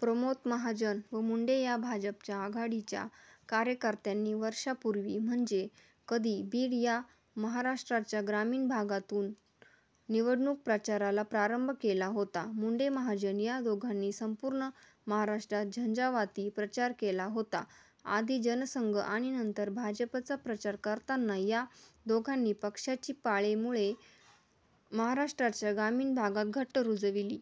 प्रमोद महाजन व मुंडे या भाजपच्या आघाडीच्या कार्यकर्त्यांनी वर्षांपूर्वी म्हणजे कधी? बीड या महाराष्ट्राच्या ग्रामीण भागातूनच निवडणूक प्रचाराला प्रारंभ केला होता. मुंडे-महाजन या दोघांनी संपूर्ण महाराष्ट्रात झंझावाती प्रचार केला होता. आधी जनसंघ आणि नंतर भाजपचा प्रचार करताना या दोघांनी पक्षाची पाळेमुळे महाराष्ट्राच्या ग्रामीण भागात घट्ट रूजविली.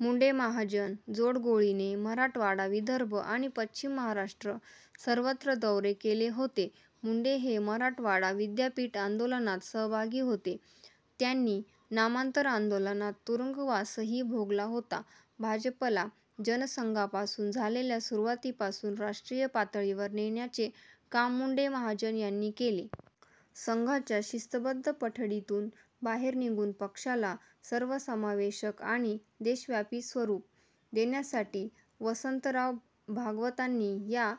मुंडे-महाजन जोडगोळीने मराठवाडा, विदर्भ आणि पश्चिम महाराष्ट्र सर्वत्र दौरे केले होते.। मुंडे हे मराठवाडा विद्यापीठ आंदोलनात सहभागी होते. त्यांनी नामांतर आंदोलनात तुरुंगवासही भोगला होता. भाजपला जनसंघापासून झालेल्या सुरुवातीपासून राष्ट्रीय पातळीवर नेण्याचे काम मुंडे-महाजन यांनी केले. संघाच्या शिस्तबद्ध पठडीतून बाहेर निघून पक्षाला सर्वसमावेशक आणि देशव्यापी स्वरूप देण्यासाठी वसन्तराव भागवतांनी या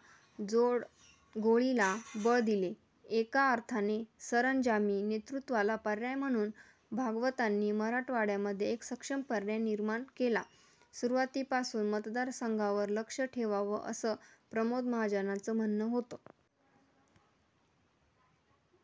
जोडगोळीला बळ दिले. एका अर्थाने सरंजामी नेतृत्वाला पर्याय म्हणून भागवतांनी मराठवाड्यामध्ये एक सक्षम पर्याय निर्माण केला. सुरुवातीपासून मतदारसंघावर लक्ष ठेवावं असं प्रमोद महाजनांचं म्हणणं होतं.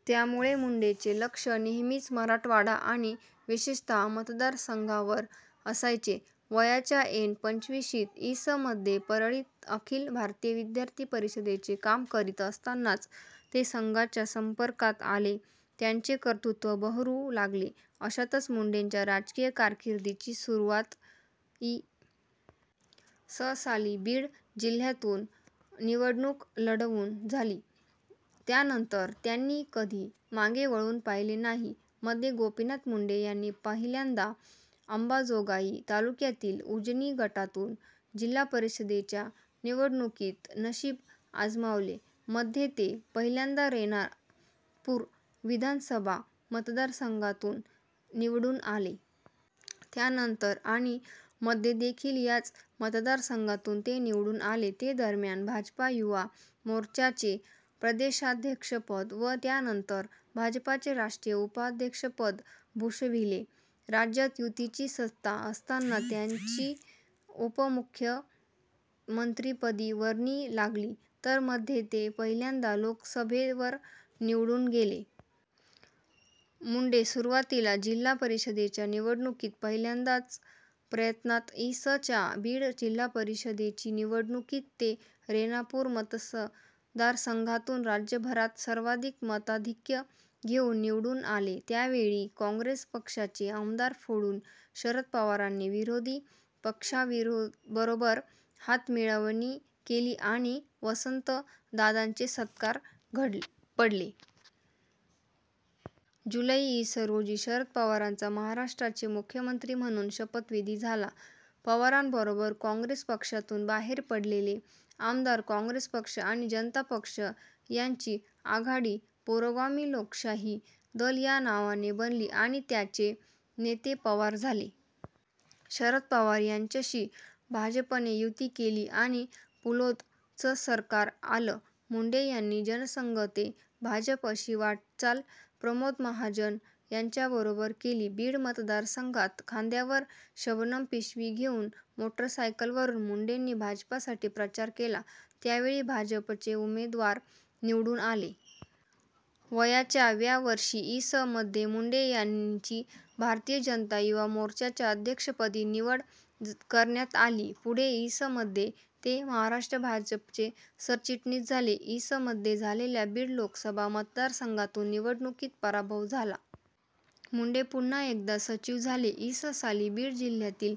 त्यामुळे मुंडेचे लक्ष नेहमीच मराठवाडा आणि विशेषतः मतदारसंघावर असायचे. वयाच्या ऐन पंचविशीत इ. स. मध्ये परळीत अखिल भारतीय विद्यार्थी परिषदेचे काम करीत असतानाच ते संघाच्या सम्पर्कात आले. त्यांचे कर्तृत्त्व बहरू लागले. अशातच मुंडेच्या राजकीय कारकिर्दीची सुरुवात इ. स. साली बीड जिल्ह्यातून निवडणूक लढवून झाली. त्यानंतर त्यांनी कधी मागे वळून पाहिले नाही. मध्ये गोपीनाथ मुंडे यांनी पहिल्यांदा अम्बाजोगाई तालुक्यातील उजनी गटातून जिल्हा परिषदेच्या निवडणुकीत नशीब आजमावले. मध्ये ते पहिल्यांदा रेणापूर विधानसभा मतदारसंघातून निवडून आले. त्यानंतर आणि मध्येदेखील याच मतदारसंघातून ते निवडून आले. ते दरम्यान भाजपा युवा मोर्चाचे प्रदेशाध्यक्षपद, व त्यानंतर भाजपाचे राष्ट्रीय उपाध्यक्ष पद भूषविले. राज्यात युतीची सत्ता असताना त्यांची उपमुख्यमंत्रिपदी वर्णी लागली. तर मध्ये ते पहिल्यांदा लोकसभेवर निवडून गेले. मुंडे सुरुवातीला जिल्हा परिषदेच्या निवडणुकीत पहिल्याच प्रयत्नात इ. स. च्या बीड जिल्हापरिषदेची निवडणुकीत ते रेणापूर मतदारसंघातून राज्यभरात सर्वाधिक मताधिक्य घेऊन निवडून आले. त्यावेळी काँग्रेस पक्षाचे आमदार फोडून शरद पवारांनी विरोधी पक्षाबरोबर हातमिळवणी केली आणि वसन्तदादांचे सरकार पडले. जुलै इ. स. रोजी शरद पवारांचा महाराष्ट्राचे मुख्यमंत्री म्हणून शपथविधी झाला. पवारांबरोबर काँग्रेस पक्षातून बाहेर पडलेले आमदार, काँग्रेस पक्ष आणि जनता पक्ष यांची आघाडी पुरोगामी लोकशाही दल या नावाने बनली आणि त्याचे नेते पवार झाले. शरद पवार यांच्याशी भाजपने युती केली आणि 'पुलोद'चं सरकार आलं. मुंडे यांनी जनसंघ ते भाजप अशी वाटचाल प्रमोद महाजन यांच्याबरोबर केली. बीड मतदारसंघात खांद्यावर शबनम पिशवी घेउन मोटरसायकलवरून मुंडेंनी भाजपसाठी प्रचार केला. त्यावेळी भाजपचे उमेदवार निवडून आले. वयाच्या व्या वर्षी इ. स. मध्ये मुंडे यांची भारतीय जनता युवा मोर्च्याच्या अध्यक्षपदी निवड करण्यात आली. पुढे इ. स. मध्ये ते महाराष्ट्र भाजपचे सरचिटणीस झाले. इ. स. मध्ये झालेल्या बीड लोकसभा मतदारसंघातून निवडणुकीत पराभव झाला. मुंडे पुन्हा एकदा सचिव झाले. इ. स. साली बीड जिल्ह्यातील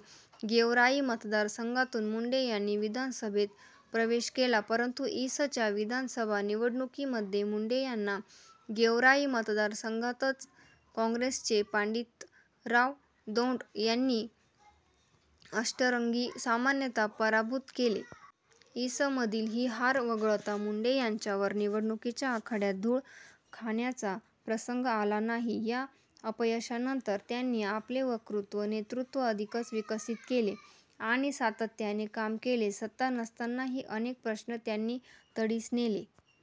गेवराई मतदारसंघातून मुंडे यांनी विधानसभेत प्रवेश केला. परंतु इ. स. च्या विधानसभा निवडणुकीमध्ये मुंडे यांना गेवराई मतदारसंघातच काँग्रेसचे पण्डितराव दौण्ड यांनी अष्टरंगी सामन्यात पराभूत केले. इ. स. मधील ही हार वगळता मुंडे यांच्यावर निवडणुकीच्या आखाड्यात धूळ खाण्याचा प्रसंग आला नाही. या अपयशानंतर त्यानी आपले वक्तृत्व, नेतृत्व अधिकच विकसित केले आणि सातत्याने काम केले. सत्ता नसतानाही अनेक प्रश्न त्यांनी तडीस नेले.